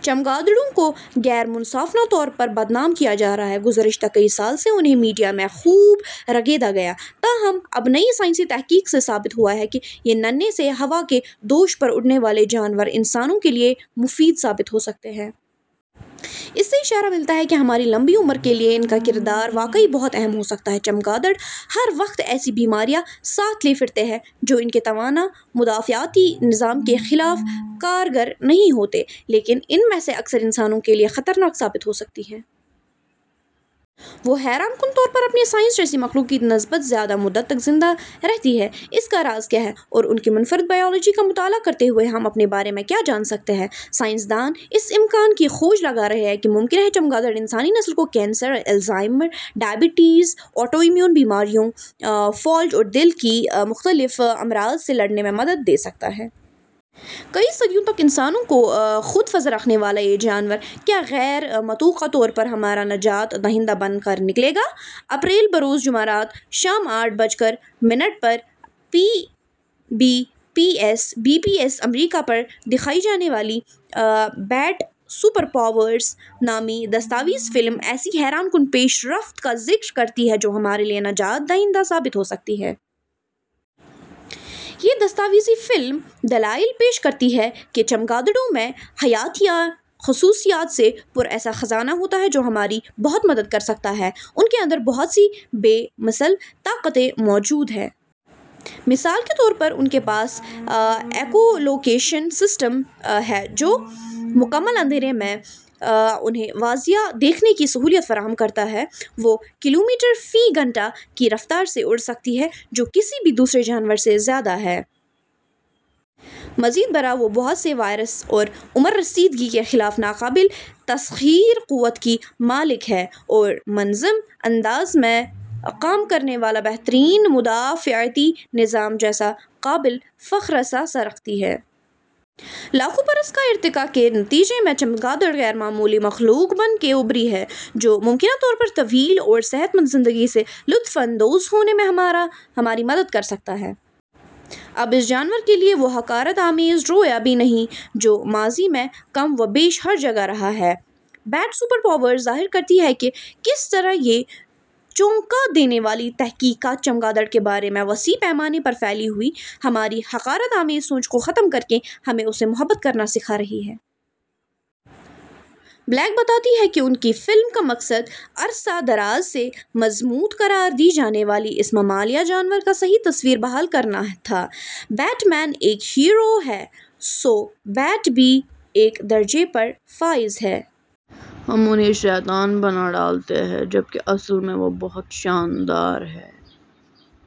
، چمگادڑوں کو غیر منصفانہ طور پر بدنام کیا جا رہا ہے۔ گذشتہ کئی سال سے انھیں میڈیا میں خوب رگیدا گیا۔ تاہم اب نئی سائنسی تحقیق سے ثابت ہوا ہے کہ یہ ننھے سے ہوا کے دوش پر اڑنے والے جانور انسانوں کے لیے بہت مفید ثابت ہو سکتے ہیں۔ اس سے اشارہ ملتا ہے کہ ہماری لمبی عمر کے لیے ان کا کردار واقعی بہت اہم ہو سکتا ہے۔ چمگادڑ ہر وقت ایسی بیماریاں ساتھ لیے پھرتی ہیں جو ان کے توانا مدافعاتی نظام کے خلاف کارگر نہیں ہوتیں لیکن ان میں سے اکثر انسانوں کے لیے خطرناک ثابت ہو سکتی ہیں۔ وہ حیران کن طور پر اپنے سائز جیسی مخلوق کی نسبت زیادہ مدت تک زندہ رہتی ہیں۔ اس کا راز کیا ہے؟ اور ان کی منفرد بائیولوجی کا مطالعہ کرتے ہوئے ہم اپنے بارے میں کیا جان سکتے ہیں؟ سائنس دان اس امکان کی کھوج لگا رہے ہیں کہ ممکن ہے چمگادڑ انسانی نسل کو کینسر، الزائمر، ذیابیطس، آٹو امیون بیماریوں، فالج اور دل کی مختلف امراض سے لڑنے میں مدد دے سکے۔ کئی صدیوں تک انسانوں کو خوفزدہ رکھنے والا یہ جانور کیا غیر متوقع طور پر ہمارا نجات دہندہ بن کر نکلے گا؟ اپریل بروز جمعرات، شام آٹھ بج کر منٹ پر بی پی ایس امریکا پر دکھائی جانے والی 'بیٹ سپر پاورز' نامی دستاویزی فلم ایسی حیران کن پیش رفت کا ذکر کرتی ہے جو ہمارے لیے نجات دہندہ ثابت ہو سکتی ہیں۔ یہ دستاویزی فلم دلائل پیش کرتی ہے کہ چمگادڑوں میں حیاتیات ی خصوصیات سے پُر ایسا خزانہ ہوتا ہے جو ہماری بہت مدد کر سکتا ہے۔ ان کے اندر بہت سی بے مثل طاقتیں موجود ہیں۔ مثال کے طور پر ان کے پاس ایکو لوکیشن سسٹم ہے جو مکمل اندھیرے میں انھیں واضح دیکھنے کی سہولت فراہم کرتا ہے۔ وہ کلومیٹر فی گھنٹہ کی رفتار سے اڑ سکتی ہیں جو کسی بھی دوسرے جانور سے زیادہ ہے۔ مزید برآں وہ بہت سے وائرس اور عمر رسیدگی کے خلاف ناقابل تسخیر قوت کی مالک ہیں اور منظم انداز میں کام کرنے والا بہترین مدافعتی نظام جیسا قابل فخر اثاثہ رکھتی ہیں۔ لاکھوں برس کا ارتقا کے نتیجے میں چمگاڈر غیر معمولی مخلوق بن کے ابھری ہیں جو ممکنہ طور پر طویل اور صحت مند زندگی سے لطف اندوز ہونے میں ہماری مدد کر سکتی ہیں۔ اب اس جانور کے لیے وہ حقارت آمیز رویہ بھی نہیں جو ماضی میں کم و بیش ہر جگہ رہا ہے۔ 'بیٹ سپر پاورز' ظاہر کرتی ہے کہ کس طرح یہ چونکا دینے والی تحقیقات چمگادڑ کے بارے میں وسیع پیمانے پر پھیلی ہوئی ہماری حقارت آمیز سوچ کو ختم کر کے ہمیں اس سے محبت کرنا سکھا رہی ہے۔ بلیک بتاتی ہیں کہ ان کی فلم کا مقصد عرصہ دراز سے مذموم قرار دی جانے والی اس ممالیہ جانور کا صحیح تصور بحال کرنا تھا۔ 'بیٹ مین ایک ہیرو ہے سو بیٹ بھی اسی درجے پر فائز ہے۔ ہم انھیں شیطان بنا ڈالتے ہیں جبکہ اصل میں وہ بہت شاندار ہیں۔